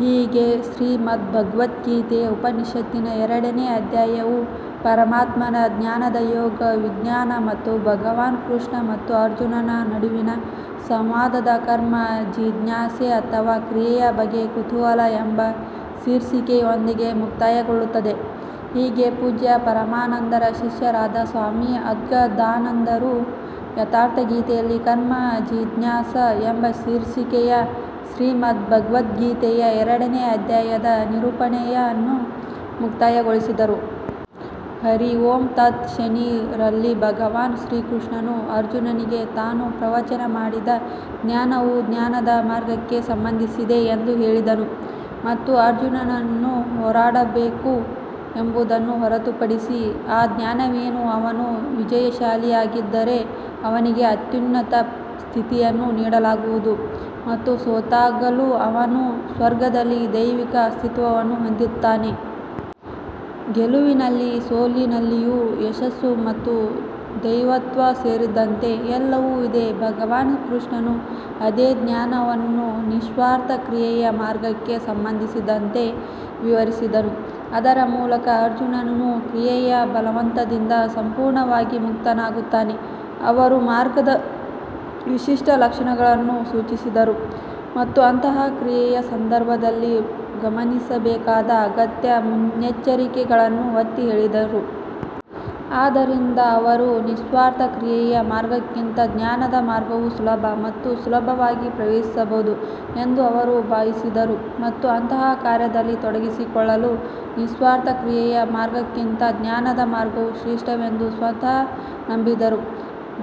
ಹೀಗೆ ಶ್ರೀಮದ್ಭಗವದ್ಗೀತೆಯ ಉಪನಿಷತ್ತಿನ ಎರಡನೇ ಅಧ್ಯಾಯವು ಪರಮಾತ್ಮನ ಜ್ಞಾನದ ಯೋಗ ವಿಜ್ಞಾನ ಮತ್ತು ಭಗವಾನ್ ಕೃಷ್ಣ ಮತ್ತು ಅರ್ಜುನನ ನಡುವಿನ ಸಂವಾದದ ಕರ್ಮ ಜಿಜ್ಞಾಸೆ ಅಥವಾ ಕ್ರಿಯೆಯ ಬಗ್ಗೆ ಕುತೂಹಲ ಎಂಬ ಶೀರ್ಷಿಕೆಯೊಂದಿಗೆ ಮುಕ್ತಾಯಗೊಳ್ಳುತ್ತದೆ. ಹೀಗೆ ಪೂಜ್ಯ ಪರಮಾನಂದರ ಶಿಷ್ಯರಾದ ಸ್ವಾಮಿ ಅದ್ಗದಾನಂದರು ಯಥಾರ್ಥಗೀತೆಯಲ್ಲಿ ಕರ್ಮ ಜಿಜ್ಞಾಸ ಎಂಬ ಶೀರ್ಷಿಕೆಯ ಶ್ರೀಮದ್ಭಗವದ್ಗೀತೆಯ ಎರಡನೇ ಅಧ್ಯಾಯದ ನಿರೂಪಣೆಯನ್ನು ಮುಕ್ತಾಯಗೊಳಿಸಿದರು. ಹರಿ ಓಂ ತತ್ ಶನಿ ರಲ್ಲಿ ಭಗವಾನ್ ಶ್ರೀಕೃಷ್ಣನು ಅರ್ಜುನನಿಗೆ ತಾನು ಪ್ರವಚನ ಮಾಡಿದ ಜ್ಞಾನವು ಜ್ಞಾನದ ಮಾರ್ಗಕ್ಕೆ ಸಂಬಂಧಿಸಿದೆ ಎಂದು ಹೇಳಿದನು. ಮತ್ತು ಅರ್ಜುನನು ಹೋರಾಡಬೇಕು ಎಂಬುದನ್ನು ಹೊರತುಪಡಿಸಿ ಆ ಜ್ಞಾನವೇನು ಅವನು ವಿಜಯಶಾಲಿಯಾಗಿದ್ದರೆ ಅವನಿಗೆ ಅತ್ಯುನ್ನತ ಸ್ಥಿತಿಯನ್ನು ನೀಡಲಾಗುವುದು ಮತ್ತು ಸೋತಾಗಲೂ ಅವನು ಸ್ವರ್ಗದಲ್ಲಿ ದೈವಿಕ ಅಸ್ತಿತ್ವವನ್ನು ಹೊಂದುತ್ತಾನೆ. ಗೆಲುವಿನಲ್ಲಿ ಸೋಲಿನಲ್ಲಿಯೂ ಯಶಸ್ಸು ಮತ್ತು ದೈವತ್ವ ಸೇರಿದಂತೆ ಎಲ್ಲವೂ ಇದೆ ಭಗವಾನ್ ಕೃಷ್ಣನು ಅದೇ ಜ್ಞಾನವನ್ನು ನಿಸ್ವಾರ್ಥ ಕ್ರಿಯೆಯ ಮಾರ್ಗಕ್ಕೆ ಸಂಬಂಧಿಸಿದಂತೆ ವಿವರಿಸಿದನು, ಅದರ ಮೂಲಕ ಅರ್ಜುನನು ಕ್ರಿಯೆಯ ಬಲವಂತದಿಂದ ಸಂಪೂರ್ಣವಾಗಿ ಮುಕ್ತನಾಗುತ್ತಾನೆ. ಅವರು ಮಾರ್ಗದ ವಿಶಿಷ್ಟ ಲಕ್ಷಣಗಳನ್ನು ಸೂಚಿಸಿದರು ಮತ್ತು ಅಂತಹ ಕ್ರಿಯೆಯ ಸಂದರ್ಭದಲ್ಲಿ ಗಮನಿಸಬೇಕಾದ ಅಗತ್ಯ ಮುನ್ನೆಚ್ಚರಿಕೆಗಳನ್ನು ಒತ್ತಿ ಹೇಳಿದರು. ಆದ್ದರಿಂದ ಅವರು ನಿಸ್ವಾರ್ಥ ಕ್ರಿಯೆಯ ಮಾರ್ಗಕ್ಕಿಂತ ಜ್ಞಾನದ ಮಾರ್ಗವು ಸುಲಭ ಮತ್ತು ಸುಲಭವಾಗಿ ಪ್ರವೇಶಿಸಬಹುದು ಎಂದು ಅವರು ಭಾವಿಸಿದರು ಮತ್ತು ಅಂತಹ ಕಾರ್ಯದಲ್ಲಿ ತೊಡಗಿಸಿಕೊಳ್ಳಲು ನಿಸ್ವಾರ್ಥ ಕ್ರಿಯೆಯ ಮಾರ್ಗಕ್ಕಿಂತ ಜ್ಞಾನದ ಮಾರ್ಗವು ಶ್ರೇಷ್ಠವೆಂದು ಸ್ವತಃ ನಂಬಿದ್ದರೂ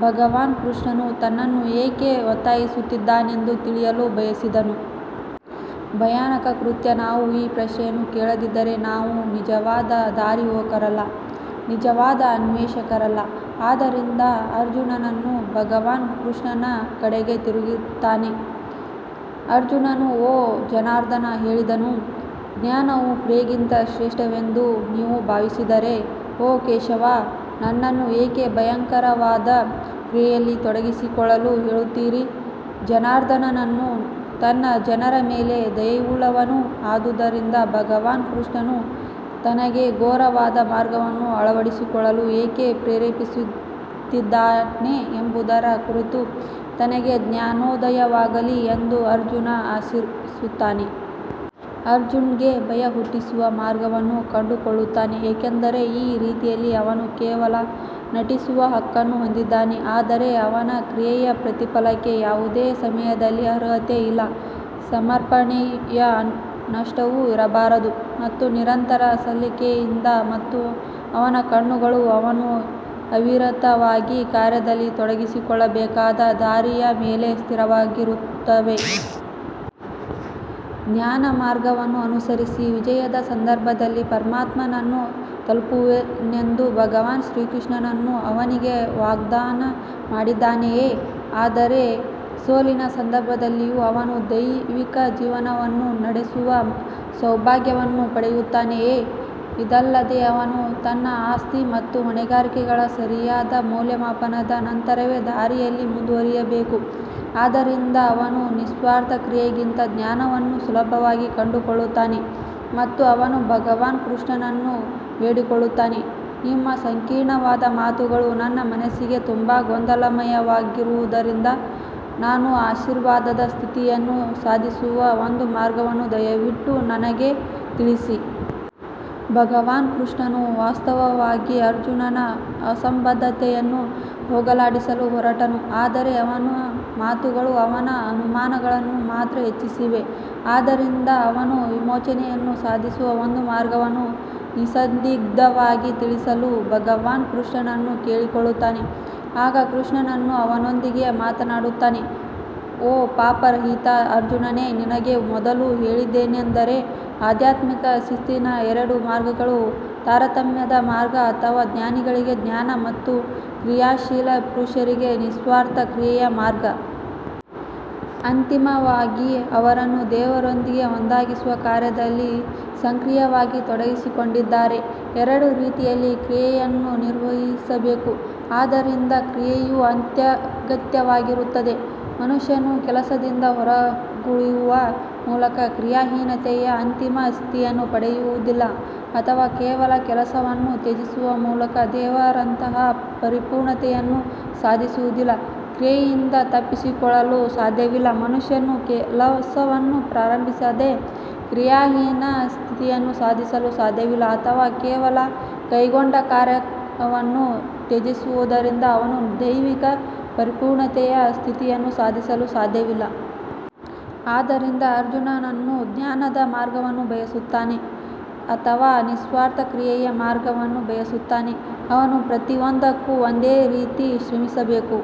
ಭಗವಾನ್ ಕೃಷ್ಣನು ತನ್ನನ್ನು ಏಕೆ ಒತ್ತಾಯಿಸುತ್ತಿದ್ದಾನೆಂದು ತಿಳಿಯಲು ಬಯಸಿದನು. ಭಯಾನಕ ಕೃತ್ಯ ನಾವು ಈ ಪ್ರಶ್ನೆಯನ್ನು ಕೇಳದಿದ್ದರೆ ನಾವು ನಿಜವಾದ ದಾರಿಹೋಕರಲ್ಲ, ನಿಜವಾದ ಅನ್ವೇಷಕರಲ್ಲ ಆದ್ದರಿಂದ ಅರ್ಜುನನು ಭಗವಾನ್ ಕೃಷ್ಣನ ಕಡೆಗೆ ತಿರುಗುತ್ತಾನೆ ಅರ್ಜುನನು ಓ ಜನಾರ್ದನ್ ಹೇಳಿದನು, ಜ್ಞಾನವು ಕ್ರಿಯೆಗಿಂತ ಶ್ರೇಷ್ಠವೆಂದು ನೀವು ಭಾವಿಸಿದರೆ ಓ ಕೇಶವ್ ನನ್ನನ್ನು ಏಕೆ ಭಯಂಕರವಾದ ಕ್ರಿಯೆಯಲ್ಲಿ ತೊಡಗಿಸಿಕೊಳ್ಳಲು ಕೇಳುತ್ತೀರಿ ಜನಾರ್ದನನು ತನ್ನ ಜನರ ಮೇಲೆ ದಯೆಯುಳ್ಳವನು ಆದುದರಿಂದ ಭಗವಾನ್ ಕೃಷ್ಣನು ತನಗೆ ಘೋರವಾದ ಮಾರ್ಗವನ್ನು ಅಳವಡಿಸಿಕೊಳ್ಳಲು ಏಕೆ ಪ್ರೇರೇಪಿಸುತ್ತಿದ್ದಾನೆ ಎಂಬುದರ ಕುರಿತು ತನಗೆ ಜ್ಞಾನೋದಯವಾಗಲಿ ಎಂದು ಅರ್ಜುನ್ ಆಶಿಸುತ್ತಾನೆ. ಅರ್ಜುನ್ಗೆ ಭಯ ಹುಟ್ಟಿಸುವ ಮಾರ್ಗವನ್ನು ಕಂಡುಕೊಳ್ಳುತ್ತಾನೆ ಏಕೆಂದರೆ ಈ ರೀತಿಯಲ್ಲಿ ಅವನು ಕೇವಲ ನಟಿಸುವ ಹಕ್ಕನ್ನು ಹೊಂದಿದ್ದಾನೆ ಆದರೆ ಅವನ ಕ್ರಿಯೆಯ ಪ್ರತಿಫಲಕ್ಕೆ ಯಾವುದೇ ಸಮಯದಲ್ಲಿ ಅರ್ಹತೆ ಇಲ್ಲ. ಸಮರ್ಪಣೆಯ ನಷ್ಟವೂ ಇರಬಾರದು ಮತ್ತು ನಿರಂತರ ಸಲ್ಲಿಕೆಯಿಂದ ಮತ್ತು ಅವನ ಕಣ್ಣುಗಳು ಅವನು ಅವಿರತವಾಗಿ ಕಾರ್ಯದಲ್ಲಿ ತೊಡಗಿಸಿಕೊಳ್ಳಬೇಕಾದ ದಾರಿಯ ಮೇಲೆ ಸ್ಥಿರವಾಗಿರುತ್ತವೆ. ಜ್ಞಾನಮಾರ್ಗವನ್ನು ಅನುಸರಿಸಿ ವಿಜಯದ ಸಂದರ್ಭದಲ್ಲಿ ಪರಮಾತ್ಮನನ್ನು ತಲುಪುವೆನೆಂದು ಭಗವಾನ್ ಶ್ರೀಕೃಷ್ಣನು ಅವನಿಗೆ ವಾಗ್ದಾನ ಮಾಡಿದ್ದಾನೆಯೇ, ಆದರೆ ಸೋಲಿನ ಸಂದರ್ಭದಲ್ಲಿಯೂ ಅವನು ದೈವಿಕ ಜೀವನವನ್ನು ನಡೆಸುವ ಸೌಭಾಗ್ಯವನ್ನು ಪಡೆಯುತ್ತಾನೆಯೇ? ಇದಲ್ಲದೆ ಅವನು ತನ್ನ ಆಸ್ತಿ ಮತ್ತು ಹೊಣೆಗಾರಿಕೆಗಳ ಸರಿಯಾದ ಮೌಲ್ಯಮಾಪನದ ನಂತರವೇ ದಾರಿಯಲ್ಲಿ ಮುಂದುವರಿಯಬೇಕು ಆದ್ದರಿಂದ ಅವನು ನಿಸ್ವಾರ್ಥ ಕ್ರಿಯೆಗಿಂತ ಜ್ಞಾನವನ್ನು ಸುಲಭವಾಗಿ ಕಂಡುಕೊಳ್ಳುತ್ತಾನೆ ಮತ್ತು ಅವನು ಭಗವಾನ್ ಕೃಷ್ಣನನ್ನು ಬೇಡಿಕೊಳ್ಳುತ್ತಾನೆ ನಿಮ್ಮ ಸಂಕೀರ್ಣವಾದ ಮಾತುಗಳು ನನ್ನ ಮನಸ್ಸಿಗೆ ತುಂಬಾ ಗೊಂದಲಮಯವಾಗಿರುವುದರಿಂದ ನಾನು ಆಶೀರ್ವಾದದ ಸ್ಥಿತಿಯನ್ನು ಸಾಧಿಸುವ ಒಂದು ಮಾರ್ಗವನ್ನು ದಯವಿಟ್ಟು ನನಗೆ ತಿಳಿಸಿ. ಭಗವಾನ್ ಕೃಷ್ಣನು ವಾಸ್ತವವಾಗಿ ಅರ್ಜುನನ ಅಸಂಬದ್ಧತೆಯನ್ನು ಹೋಗಲಾಡಿಸಲು ಹೊರಟನು ಆದರೆ ಅವನ ಮಾತುಗಳು ಅವನ ಅನುಮಾನಗಳನ್ನು ಮಾತ್ರ ಹೆಚ್ಚಿಸಿವೆ. ಆದ್ದರಿಂದ ಅವನು ವಿಮೋಚನೆಯನ್ನು ಸಾಧಿಸುವ ಒಂದು ಮಾರ್ಗವನ್ನು ನಿಸ್ಸಂದಿಗ್ಧವಾಗಿ ತಿಳಿಸಲು ಭಗವಾನ್ ಕೃಷ್ಣನನ್ನು ಕೇಳಿಕೊಳ್ಳುತ್ತಾನೆ. ಆಗ ಶ್ರೀಕೃಷ್ಣನು ಅವನೊಂದಿಗೆ ಮಾತನಾಡುತ್ತಾನೆ ಓ ಪಾಪರಹಿತ ಅರ್ಜುನನೇ ನಿನಗೆ ಮೊದಲು ಹೇಳಿದ್ದೇನೆಂದರೆ ಆಧ್ಯಾತ್ಮಿಕ ಶಿಸ್ತಿನ ಎರಡು ಮಾರ್ಗಗಳು ತಾರತಮ್ಯದ ಮಾರ್ಗ ಅಥವಾ ಜ್ಞಾನಿಗಳಿಗೆ ಜ್ಞಾನ ಮತ್ತು ಕ್ರಿಯಾಶೀಲ ಪುರುಷರಿಗೆ ನಿಸ್ವಾರ್ಥ ಕ್ರಿಯೆಯ ಮಾರ್ಗ. ಅಂತಿಮವಾಗಿ ಅವರನ್ನು ದೇವರೊಂದಿಗೆ ಒಂದಾಗಿಸುವ ಕಾರ್ಯದಲ್ಲಿ ಸಕ್ರಿಯವಾಗಿ ತೊಡಗಿಸಿಕೊಂಡಿದ್ದಾರೆ ಎರಡೂ ರೀತಿಯಲ್ಲಿ ಕ್ರಿಯೆಯನ್ನು ನಿರ್ವಹಿಸಬೇಕು ಆದ್ದರಿಂದ ಕ್ರಿಯೆಯು ಅತ್ಯಗತ್ಯವಾಗಿರುತ್ತದೆ ಮನುಷ್ಯನು ಕೆಲಸದಿಂದ ಹೊರಗುಳಿಯುವ ಮೂಲಕ ಕ್ರಿಯಾಹೀನತೆಯ ಅಂತಿಮ ಸ್ಥಿತಿಯನ್ನು ಪಡೆಯುವುದಿಲ್ಲ ಅಥವಾ ಕೇವಲ ಕೆಲಸವನ್ನು ತ್ಯಜಿಸುವ ಮೂಲಕ ದೇವರಂತಹ ಪರಿಪೂರ್ಣತೆಯನ್ನು ಸಾಧಿಸುವುದಿಲ್ಲ. ಕ್ರಿಯೆಯಿಂದ ತಪ್ಪಿಸಿಕೊಳ್ಳಲು ಸಾಧ್ಯವಿಲ್ಲ ಮನುಷ್ಯನು ಕೆಲಸವನ್ನು ಪ್ರಾರಂಭಿಸದೆ ಕ್ರಿಯಾಹೀನ ಸ್ಥಿತಿಯನ್ನು ಸಾಧಿಸಲು ಸಾಧ್ಯವಿಲ್ಲ ಅಥವಾ ಕೇವಲ ಕೈಗೊಂಡ ಕಾರ್ಯವನ್ನು ತ್ಯಜಿಸುವುದರಿಂದ ಅವನು ದೈವಿಕ ಪರಿಪೂರ್ಣತೆಯ ಸ್ಥಿತಿಯನ್ನು ಸಾಧಿಸಲು ಸಾಧ್ಯವಿಲ್ಲ. ಆದ್ದರಿಂದ ಅರ್ಜುನನು ಜ್ಞಾನದ ಮಾರ್ಗವನ್ನು ಬಯಸುತ್ತಾನೆ ಅಥವಾ ನಿಸ್ವಾರ್ಥ ಕ್ರಿಯೆಯ ಮಾರ್ಗವನ್ನು ಬಯಸುತ್ತಾನೆ, ಅವನು ಪ್ರತಿಯೊಂದಕ್ಕೂ ಒಂದೇ ರೀತಿ ಶ್ರಮಿಸಬೇಕು.